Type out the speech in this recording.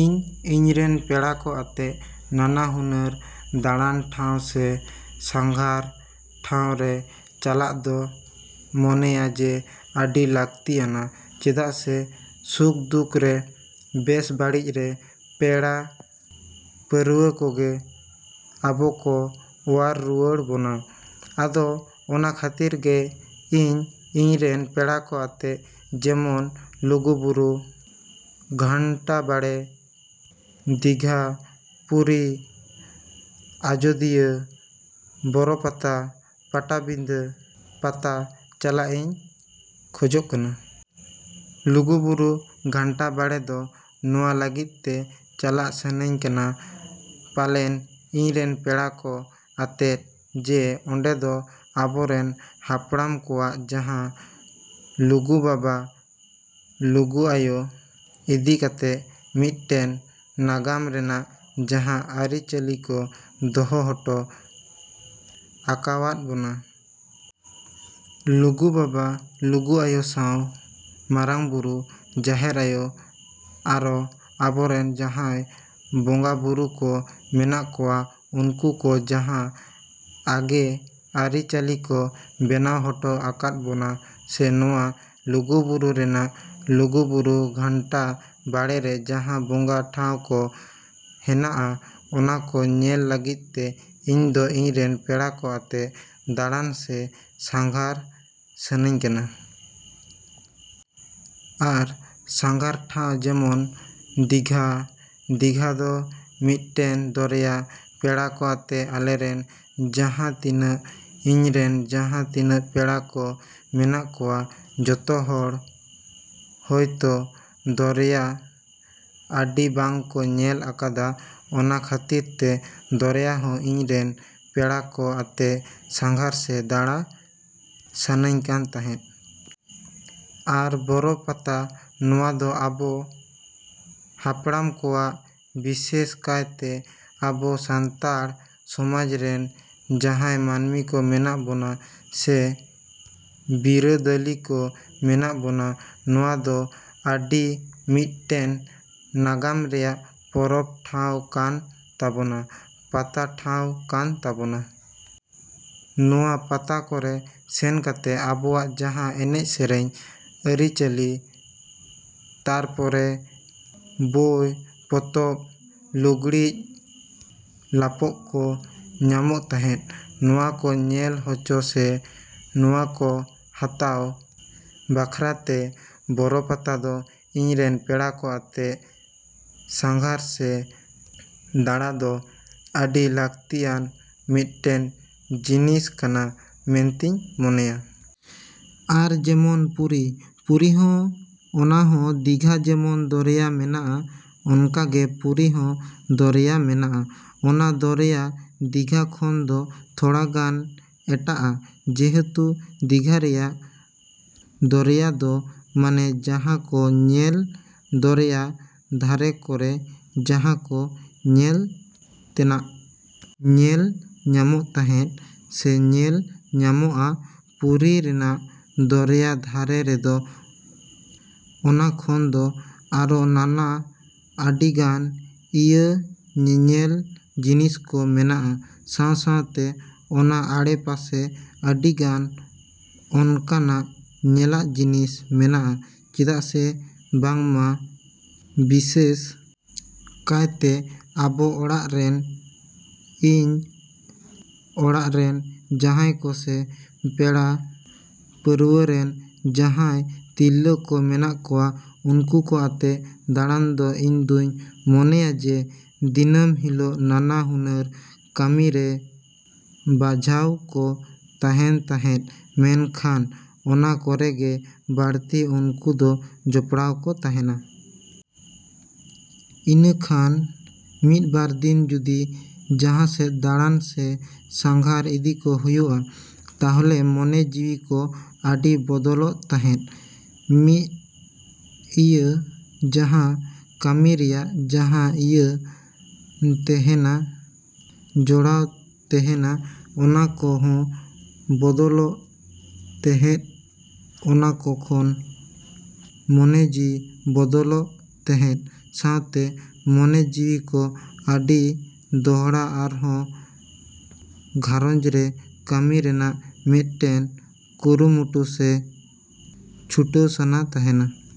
ᱤᱧ ᱤᱧ ᱨᱮᱱ ᱯᱮᱲᱟᱠᱚ ᱟᱛᱮ ᱱᱟᱱᱟ ᱦᱩᱱᱟᱹᱨ ᱫᱟᱬᱟᱱ ᱴᱷᱟᱶ ᱥᱮ ᱥᱟᱸᱜᱷᱟᱨ ᱴᱷᱟᱶᱨᱮ ᱪᱟᱞᱟᱜ ᱫᱚ ᱢᱚᱱᱮᱭᱟ ᱡᱮ ᱟᱹᱰᱤ ᱞᱟᱹᱠᱛᱤᱭᱟᱱᱟ ᱪᱮᱫᱟᱜ ᱥᱮ ᱥᱩᱠᱼᱫᱩᱠᱨᱮ, ᱵᱮᱥ ᱵᱟᱹᱲᱤᱡᱨᱮ ᱯᱮᱲᱟ ᱯᱟᱹᱨᱣᱟᱹ ᱠᱚᱜᱮ ᱟᱵᱚᱠᱚ ᱚᱣᱟᱨ ᱨᱩᱣᱟᱹᱲ ᱵᱚᱱᱟ᱾ ᱟᱫᱚ ᱚᱱᱟ ᱠᱷᱟᱹᱛᱤᱨ ᱜᱮ ᱤᱧ ᱤᱧᱨᱮᱱ ᱯᱮᱲᱟᱠᱚ ᱟᱛᱮ ᱡᱮᱢᱚᱱ ᱞᱩᱜᱩᱵᱩᱨᱩ ᱜᱷᱟᱸᱱᱴᱟ ᱵᱟᱲᱮ, ᱫᱤᱜᱷᱟ, ᱯᱩᱨᱤ, ᱟᱡᱳᱫᱤᱭᱟᱹ, ᱵᱚᱨᱚ ᱯᱟᱛᱟ, ᱯᱟᱴᱟᱵᱤᱫᱟᱹ ᱯᱟᱛᱟ ᱪᱟᱞᱟᱜ ᱤᱧ ᱠᱷᱚᱡᱚᱜ ᱠᱟᱱᱟ᱾ ᱞᱩᱜᱩᱵᱩᱨᱩ ᱜᱷᱟᱸᱱᱴᱟ ᱵᱟᱲᱮ ᱫᱚ ᱱᱚᱣᱟ ᱞᱟᱹᱜᱤᱫ ᱛᱮ ᱪᱟᱞᱟᱜ ᱥᱟᱱᱟᱧ ᱠᱟᱱᱟ ᱯᱟᱞᱮᱱ ᱤᱧᱨᱮᱱ ᱯᱮᱲᱟᱠᱚ ᱟᱛᱮᱫ ᱡᱮ ᱚᱸᱰᱮᱫᱚ ᱟᱵᱚᱨᱮᱱ ᱦᱟᱯᱲᱟᱢ ᱠᱚᱣᱟᱜ ᱡᱟᱦᱟᱸ ᱞᱩᱜᱩᱵᱟᱵᱟ, ᱞᱩᱜᱩᱟᱭᱳ ᱤᱫᱤᱠᱟᱛᱮ ᱢᱤᱫᱴᱮᱱ ᱱᱟᱜᱟᱢ ᱨᱮᱱᱟᱜ ᱡᱟᱦᱟᱸ ᱟᱹᱨᱤ ᱪᱟᱹᱞᱤᱠᱚ ᱫᱚᱦᱚ ᱦᱚᱴᱚ ᱟᱠᱟᱣᱟᱫ ᱵᱚᱱᱟ᱾ ᱞᱩᱜᱩᱵᱟᱵᱟ, ᱞᱩᱜᱩ ᱟᱭᱳ ᱥᱟᱶ ᱢᱟᱨᱟᱝ ᱵᱩᱨᱩ, ᱡᱟᱦᱮᱨ ᱟᱭᱳ ᱟᱨᱚ ᱟᱵᱚᱨᱮᱱ ᱡᱟᱦᱟᱸᱭ ᱵᱚᱸᱜᱟᱵᱩᱨᱩ ᱠᱚ ᱢᱮᱱᱟᱜ ᱠᱚᱣᱟ ᱩᱱᱠᱩ ᱠᱚ ᱡᱟᱦᱟᱸ ᱟᱜᱮ ᱟᱹᱨᱤ ᱪᱟᱹᱞᱤ ᱠᱚ ᱵᱮᱱᱟᱣ ᱦᱚᱴᱚ ᱟᱠᱟᱣᱟᱫ ᱵᱚᱱᱟ ᱥᱮ ᱱᱚᱣᱟ ᱞᱩᱜᱩᱵᱩᱨᱩ ᱨᱮᱱᱟᱜ ᱞᱩᱜᱩᱵᱩᱨᱩ ᱜᱷᱟᱱᱴᱟ ᱵᱟᱲᱮᱨᱮ ᱡᱟᱦᱟᱸ ᱵᱚᱸᱜᱟ ᱴᱷᱟᱶ ᱠᱚ ᱦᱮᱱᱟᱜᱼᱟ ᱚᱱᱟᱠᱚ ᱧᱮᱞ ᱞᱟᱹᱜᱤᱫ ᱛᱮ ᱤᱧᱫᱚ ᱤᱧᱨᱮᱱ ᱯᱮᱲᱟᱠᱚ ᱟᱛᱮ ᱫᱟᱬᱟᱱ ᱥᱮ ᱥᱟᱸᱜᱷᱟᱨ ᱥᱟᱱᱟᱧ ᱠᱟᱱᱟ᱾ ᱟᱨ ᱥᱟᱸᱜᱷᱟᱨ ᱴᱷᱟᱶ ᱡᱮᱢᱚᱱ ᱫᱤᱜᱷᱟ, ᱫᱤᱜᱷᱟ ᱫᱚ ᱢᱤᱫᱴᱮᱱ ᱫᱚᱨᱭᱟ᱾ ᱯᱮᱲᱟᱠᱚ ᱟᱛᱮ ᱟᱞᱮᱨᱮᱱ ᱡᱟᱦᱟᱸ ᱛᱤᱱᱟᱹᱜ ᱤᱧᱨᱮᱱ ᱡᱟᱦᱟᱸ ᱛᱤᱱᱟᱹᱜ ᱯᱮᱲᱟᱠᱚ ᱢᱮᱱᱟᱜ ᱠᱚᱣᱟ ᱡᱚᱛᱚᱦᱚᱲ ᱦᱚᱭᱛᱚ ᱫᱚᱨᱭᱟ ᱟᱹᱰᱤ ᱵᱟᱝ ᱠᱚ ᱧᱮᱞ ᱟᱠᱟᱫᱼᱟ ᱚᱱᱟ ᱠᱷᱟᱹᱛᱤᱨᱛᱮ ᱫᱚᱨᱭᱟ ᱦᱚᱸ ᱤᱧᱨᱮᱱ ᱯᱮᱲᱟᱠᱚ ᱟᱛᱮ ᱥᱟᱸᱜᱷᱟᱨ ᱥᱮ ᱫᱟᱬᱟ ᱥᱟᱱᱟᱧ ᱠᱟᱱ ᱛᱟᱦᱮᱸᱫ᱾ ᱟᱨ ᱵᱚᱨᱚ ᱯᱟᱛᱟ ᱱᱚᱣᱟ ᱫᱚ ᱟᱵᱚ ᱦᱟᱯᱲᱟᱢ ᱠᱚᱣᱟᱜ ᱵᱤᱥᱮᱥ ᱠᱟᱭᱛᱮ ᱟᱵᱚ ᱥᱟᱱᱛᱟᱲ ᱥᱚᱢᱟᱡᱽᱨᱮᱱ ᱡᱟᱦᱟᱸᱭ ᱢᱟᱹᱱᱢᱤᱠᱚ ᱢᱮᱱᱟᱜ ᱵᱚᱱᱟ ᱥᱮ ᱵᱤᱨᱟᱹᱫᱟᱹᱞᱤᱠᱚ ᱢᱮᱱᱟᱜ ᱵᱚᱱᱟ ᱱᱚᱣᱟᱫᱚ ᱟᱹᱰᱤ ᱢᱤᱫᱴᱮᱱ ᱱᱟᱜᱟᱢ ᱨᱮᱱᱟᱜ ᱯᱚᱨᱚᱵᱽ ᱴᱷᱟᱶ ᱠᱟᱱ ᱛᱟᱵᱚᱱᱟ, ᱯᱟᱛᱟ ᱴᱷᱟᱶ ᱠᱟᱱ ᱛᱟᱵᱚᱱᱟ᱾ ᱱᱚᱣᱟ ᱯᱟᱛᱟ ᱠᱚᱨᱮ ᱥᱮᱱ ᱠᱟᱛᱮ ᱟᱵᱚᱣᱟᱜ ᱡᱟᱦᱟᱸ ᱮᱱᱮᱡ ᱥᱮᱨᱮᱧ, ᱟᱹᱨᱤ ᱪᱟᱹᱞᱤ ᱛᱟᱨᱯᱚᱨᱮ ᱵᱳᱭ ᱯᱚᱛᱚᱵᱽ, ᱞᱩᱜᱽᱲᱤᱡ ᱞᱟᱯᱳᱜ ᱠᱚ ᱧᱟᱢᱚᱜ ᱛᱟᱦᱮᱸᱫ᱾ ᱱᱚᱣᱟᱠᱚ ᱧᱮᱞ ᱦᱚᱪᱚ ᱥᱮ ᱱᱚᱣᱟᱠᱚ ᱦᱟᱛᱟᱣ ᱵᱟᱠᱷᱨᱟᱛᱮ ᱵᱚᱨᱚᱯᱟᱛᱟ ᱫᱚ ᱤᱧᱨᱮᱱ ᱯᱮᱲᱟᱠᱚ ᱟᱛᱮ ᱥᱟᱸᱜᱷᱟᱨ ᱥᱮ ᱫᱟᱬᱟᱫᱚ ᱟᱹᱰᱤ ᱞᱟᱹᱠᱛᱤᱭᱟᱱ ᱢᱤᱫᱴᱮᱱ ᱡᱤᱱᱤᱥ ᱠᱟᱱᱟ ᱢᱮᱱᱛᱤᱧ ᱢᱚᱱᱮᱭᱟ᱾ ᱟᱨ ᱡᱮᱢᱚᱱ ᱯᱩᱨᱤ, ᱯᱩᱨᱤᱦᱚᱸ ᱚᱱᱟᱦᱚᱸ ᱫᱤᱜᱷᱟ ᱡᱮᱢᱚᱱ ᱫᱚᱨᱭᱟ ᱢᱮᱱᱟᱜᱼᱟ ᱚᱱᱠᱟᱜᱮ ᱯᱩᱨᱤ ᱨᱮᱦᱚᱸ ᱫᱚᱨᱭᱟ ᱢᱮᱱᱟᱜᱼᱟ᱾ ᱚᱱᱟ ᱫᱚᱨᱭᱟ ᱫᱤᱜᱷᱟ ᱠᱷᱚᱱᱫᱚ ᱛᱷᱚᱲᱟᱜᱟᱱ ᱮᱴᱟᱜᱼᱟ ᱡᱮᱦᱮᱛᱩ ᱫᱤᱜᱷᱟ ᱨᱮᱱᱟᱜ ᱫᱚᱨᱭᱟᱫᱚ ᱢᱟᱱᱮ ᱡᱟᱦᱟᱸᱠᱚ ᱧᱮᱞ ᱫᱚᱨᱭᱟ ᱫᱷᱟᱨᱮ ᱠᱚᱨᱮ ᱡᱟᱦᱟᱸᱠᱚ ᱧᱮᱞ ᱛᱮᱱᱟᱜ ᱧᱮᱞ ᱧᱟᱢᱚᱜ ᱛᱟᱦᱮᱫ ᱥᱮ ᱧᱮᱞ ᱧᱟᱢᱚᱜᱼᱟ ᱯᱩᱨᱤ ᱨᱮᱱᱟᱜ ᱫᱚᱨᱭᱟ ᱫᱷᱟᱨᱮ ᱨᱮᱫᱚ ᱚᱱᱟᱠᱷᱚᱱ ᱫᱚ ᱟᱨᱚ ᱱᱟᱱᱟ ᱟᱹᱰᱤᱜᱟᱱ ᱤᱭᱟᱹ ᱧᱮᱧᱮᱞ ᱡᱤᱱᱤᱥᱠᱚ ᱢᱮᱱᱟᱜᱼᱟ ᱥᱟᱶ ᱥᱟᱶᱛᱮ ᱚᱱᱟ ᱟᱲᱮᱯᱟᱥᱮ ᱟᱹᱰᱤᱜᱟᱱ ᱚᱱᱠᱟᱱᱟᱜ ᱧᱮᱞᱟᱜ ᱡᱤᱱᱤᱥ ᱢᱮᱱᱟᱜᱼᱟ ᱪᱮᱫᱟᱜ ᱥᱮ ᱵᱟᱝᱢᱟ ᱵᱤᱥᱮᱥ ᱠᱟᱭᱛᱮ ᱟᱵᱚ ᱚᱲᱟᱜ ᱨᱮᱱ ᱤᱧ ᱚᱲᱟᱜ ᱨᱮᱱ ᱡᱟᱦᱟᱸᱭ ᱠᱚ ᱥᱮ ᱯᱮᱲᱟ ᱯᱟᱹᱨᱣᱟᱹᱨᱮᱱ ᱡᱟᱦᱟᱸᱭ ᱛᱤᱨᱞᱟᱹ ᱠᱚ ᱢᱮᱱᱟᱜ ᱠᱚᱣᱟ ᱩᱱᱠᱩ ᱠᱚ ᱟᱛᱮ ᱫᱟᱲᱟᱱ ᱫᱚ ᱤᱧᱫᱩᱧ ᱢᱚᱱᱮᱭᱟ ᱡᱮ ᱫᱤᱱᱟᱹᱢ ᱦᱤᱞᱳᱜ ᱱᱟᱱᱟ ᱦᱩᱱᱟᱹᱨ ᱠᱟᱹᱢᱤᱨᱮ ᱵᱟᱡᱷᱟᱣ ᱠᱚ ᱛᱟᱦᱮᱱ ᱛᱟᱦᱮᱸᱫ ᱢᱮᱱᱠᱷᱟᱱ ᱚᱱᱟ ᱠᱚᱨᱮᱜᱮ ᱵᱟᱹᱲᱛᱤ ᱩᱱᱠᱚᱫᱚ ᱡᱚᱯᱲᱟᱣ ᱠᱚ ᱛᱮᱦᱮᱱᱟ᱾ ᱤᱱᱟᱹᱠᱷᱟᱱ ᱢᱤᱫᱵᱟᱨ ᱫᱤᱱ ᱡᱩᱫᱤ ᱡᱟᱦᱟᱸᱥᱮᱫ ᱫᱟᱲᱟᱱ ᱥᱮ ᱥᱟᱸᱜᱷᱟᱨ ᱤᱫᱤᱠᱚ ᱦᱩᱭᱩᱜᱼᱟ ᱛᱟᱦᱚᱞᱮ ᱢᱚᱱᱮ ᱡᱤᱣᱤᱠᱚ ᱟᱹᱰᱤ ᱵᱚᱫᱚᱞᱚᱜ ᱛᱮᱦᱮᱸᱫ᱾ ᱢᱤᱫ ᱤᱭᱟᱹ ᱡᱟᱦᱟᱸ ᱠᱟᱹᱢᱤ ᱨᱮᱱᱟᱜ ᱡᱟᱦᱟᱸ ᱤᱭᱟᱹ ᱛᱮᱦᱮᱱᱟ ᱡᱚᱲᱟᱣ ᱛᱮᱦᱮᱱᱟ ᱚᱱᱟᱠᱚ ᱦᱚᱸ ᱵᱚᱫᱚᱞᱚᱜ ᱛᱮᱦᱮᱸᱫ ᱚᱱᱟᱠᱚ ᱠᱷᱚᱱ ᱢᱚᱱᱮ ᱡᱤᱣᱤ ᱵᱚᱫᱚᱞᱚᱜ ᱛᱮᱦᱮᱸᱫ ᱥᱟᱶᱛᱮ ᱢᱚᱱᱮ ᱡᱤᱣᱤᱠᱚ ᱟᱹᱰᱤ ᱫᱚᱦᱲᱟ ᱟᱨᱚ ᱜᱷᱟᱨᱚᱸᱡᱽ ᱨᱮ ᱠᱟᱹᱢᱤ ᱨᱮᱱᱟᱜ ᱢᱤᱫᱴᱮᱱ ᱠᱩᱨᱩᱢᱩᱴᱩ ᱥᱮ ᱪᱷᱩᱴᱟᱹᱣ ᱥᱟᱱᱟ ᱛᱮᱦᱮᱱᱟ᱾।